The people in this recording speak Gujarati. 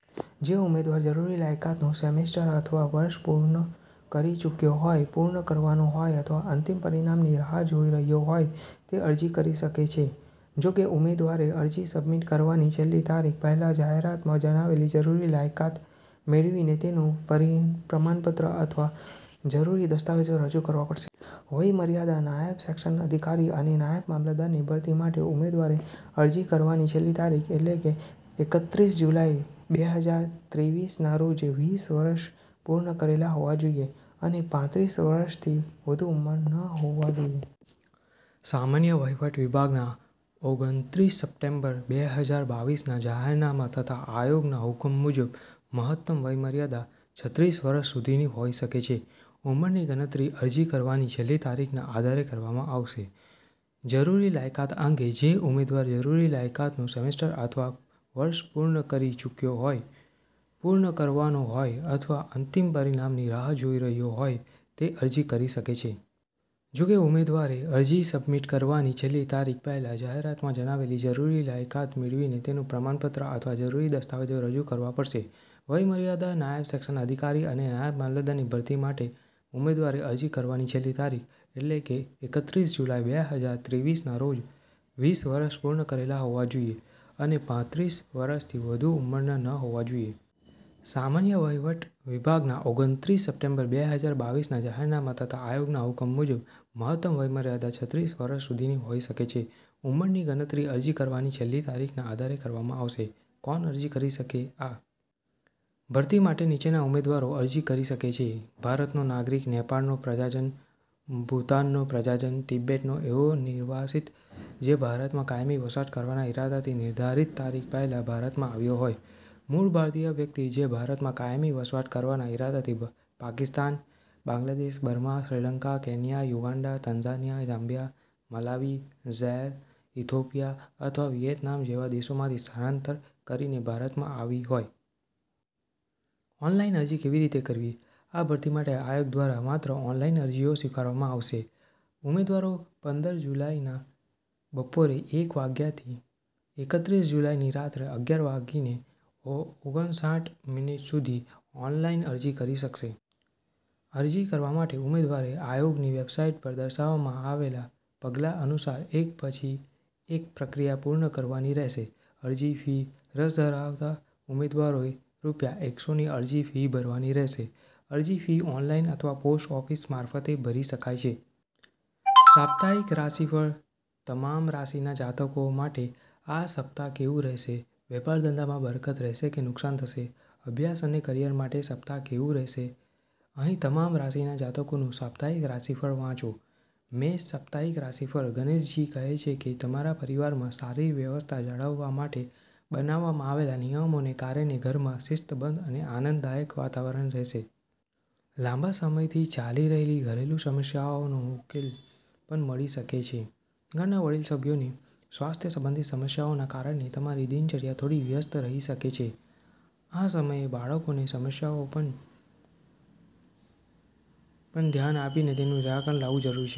જે ઉમેદવાર જરૂરી લાયકાતનું સેમેસ્ટર અથવા વર્ષ પૂર્ણ કરી ચૂક્યો હોય, પૂર્ણ કરવાનો હોય અથવા અંતિમ પરિણામની રાહ જોઈ રહ્યો હોય તે અરજી કરી શકે છે. જોકે, ઉમેદવારે અરજી સબમિટ કરવાની છેલ્લી તારીખ પહેલાં જાહેરાતમાં જણાવેલી જરૂરી લાયકાત મેળવીને તેનું પ્રમાણપત્ર અથવા જરૂરી દસ્તાવેજો રજૂ કરવા પડશે. વયમર્યાદા, નાયબ સેક્શન અધિકારી અને નાયબ મામલતદારની ભરતી માટે ઉમેદવારે અરજી કરવાની છેલ્લી તારીખ, એટલે કે એકત્રીસ જુલાઈ બેહજાર ત્રેવીસના રોજ વીસ વર્ષ પૂર્ણ કરેલા હોવા જોઈએ અને પાંત્રીસ વર્ષથી વધુ ઉંમરના ન હોવા જોઈએ. સામાન્ય વહીવટ વિભાગના ઓગણત્રીસ સપ્ટેમ્બર બેહજાર બાવીસના જાહેરનામા તથા આયોગના હુકમ મુજબ, મહત્તમ વયમર્યાદા છત્રીસવર્ષ સુધીની હોઈ શકે છે. ઉંમરની ગણતરી અરજી કરવાની છેલ્લી તારીખના આધારે કરવામાં આવશે. જરૂરી લાયકાત અંગે, જે ઉમેદવાર જરૂરી લાયકાતનું સેમેસ્ટર અથવા વર્ષ પૂર્ણ કરી ચૂક્યો હોય, પૂર્ણ કરવાનો હોય અથવા અંતિમ પરિણામની રાહ જોઈ રહ્યો હોય તે અરજી કરી શકે છે. જોકે, ઉમેદવારે અરજી સબમિટ કરવાની છેલ્લી તારીખ પહેલાં જાહેરાતમાં જણાવેલી જરૂરી લાયકાત મેળવીને તેનું પ્રમાણપત્ર અથવા જરૂરી દસ્તાવેજો રજૂ કરવા પડશે. વયમર્યાદા, નાયબ સેક્શન અધિકારી અને નાયબ મામલતદારની ભરતી માટે ઉમેદવારે અરજી કરવાની છેલ્લી તારીખ, એટલે કે એકત્રીસ જુલાઈ બે હજાર ત્રેવીસના રોજ વીસ વર્ષ પૂર્ણ કરેલા હોવા જોઈએ અને પાંત્રીસ વર્ષથી વધુ ઉંમરના ન હોવા જોઈએ. સામાન્ય વહીવટ વિભાગના ઓગણત્રીસ સપ્ટેમ્બર બે હજાર બાવીસના જાહેરનામા તથા આયોગના હુકમ મુજબ, મહત્તમ વયમર્યાદા છત્રીસ વર્ષ સુધીની હોઈ શકે છે. ઉંમરની ગણતરી અરજી કરવાની છેલ્લી તારીખના આધારે કરવામાં આવશે. કોણ અરજી કરી શકે?આ ભરતી માટે નીચેના ઉમેદવારો અરજી કરી શકે છે: ભારતનો નાગરિક, નેપાળનો પ્રજાજન, ભૂતાનનો પ્રજાજન, તિબેટનો એવો નિર્વાસિત, જે ભારતમાં કાયમી વસવાટ કરવાના ઇરાદાથી નિર્ધારિત તારીખ પહેલાં ભારતમાં આવ્યો હોય. મૂળ ભારતીય વ્યક્તિ, જે ભારતમાં કાયમી વસવાટ કરવાના ઇરાદાથી Pakistan, Bangladesh, Burma, Sri Lanka, Kenya, Uganda, Tanzania, Zambia, Malawi, Zaire, Ethiopia અથવા વિયેતનામ જેવા દેશોમાંથી સ્થળાંતર કરીને ભારતમાં આવી હોય. ઓનલાઈન અરજી કેવી રીતે કરવી? આ ભરતી માટે આયોગ દ્વારા માત્ર ઓનલાઈન અરજીઓ સ્વીકારવામાં આવશે. ઉમેદવારો પંદર જુલાઈના બપોરે એક વાગ્યાથી એકત્રીસ જુલાઈની રાત્રે અગિયાર વાગીને ઓગણસાઠ મિનિટ સુધી ઓનલાઈન અરજી કરી શકશે. અરજી કરવા માટે ઉમેદવારે આયોગની વેબસાઈટ પર દર્શાવવામાં આવેલા પગલાં અનુસાર એક પછી એક પ્રક્રિયા પૂર્ણ કરવાની રહેશે. અરજી ફી, રસ ધરાવતા ઉમેદવારોએ રૂ. એકસોની અરજી ફી ભરવાની રહેશે, અરજી ફી ઓનલાઈન અથવા પોસ્ટ ઓફિસ મારફતે ભરી શકાય છે. સાપ્તાહિક રાશિફળ, તમામ રાશિના જાતકો માટે આ સપ્તાહ કેવું રહેશે? વેપાર-ધંધામાં બરકત રહેશે કે નુકસાન થશે? અભ્યાસ અને કરિયર માટે સપ્તાહ કેવું રહેશે? અહીં તમામ રાશિના જાતકોનું સાપ્તાહિક રાશિફળ વાંચો. મેષ સાપ્તાહિક રાશિફળ, ગણેશજી કહે છે કે તમારા પરિવારમાં સારી વ્યવસ્થા જાળવવા માટે બનાવવામાં આવેલા નિયમોને કારણે ઘરમાં શિસ્તબદ્ધ અને આનંદદાયક વાતાવરણ રહેશે. લાંબા સમયથી ચાલી રહેલી ઘરેલું સમસ્યાનો ઉકેલ પણ મળી શકે છે. ઘરના વડીલ સભ્યોની સ્વાસ્થ્ય સંબંધિત સમસ્યાઓના કારણે તમારી દિનચર્યા થોડી વ્યસ્ત રહી શકે છે. આ સમયે બાળકોની સમસ્યાઓ પર પણ ધ્યાન આપીને તેનું નિરાકરણ લાવવું જરૂરી છે.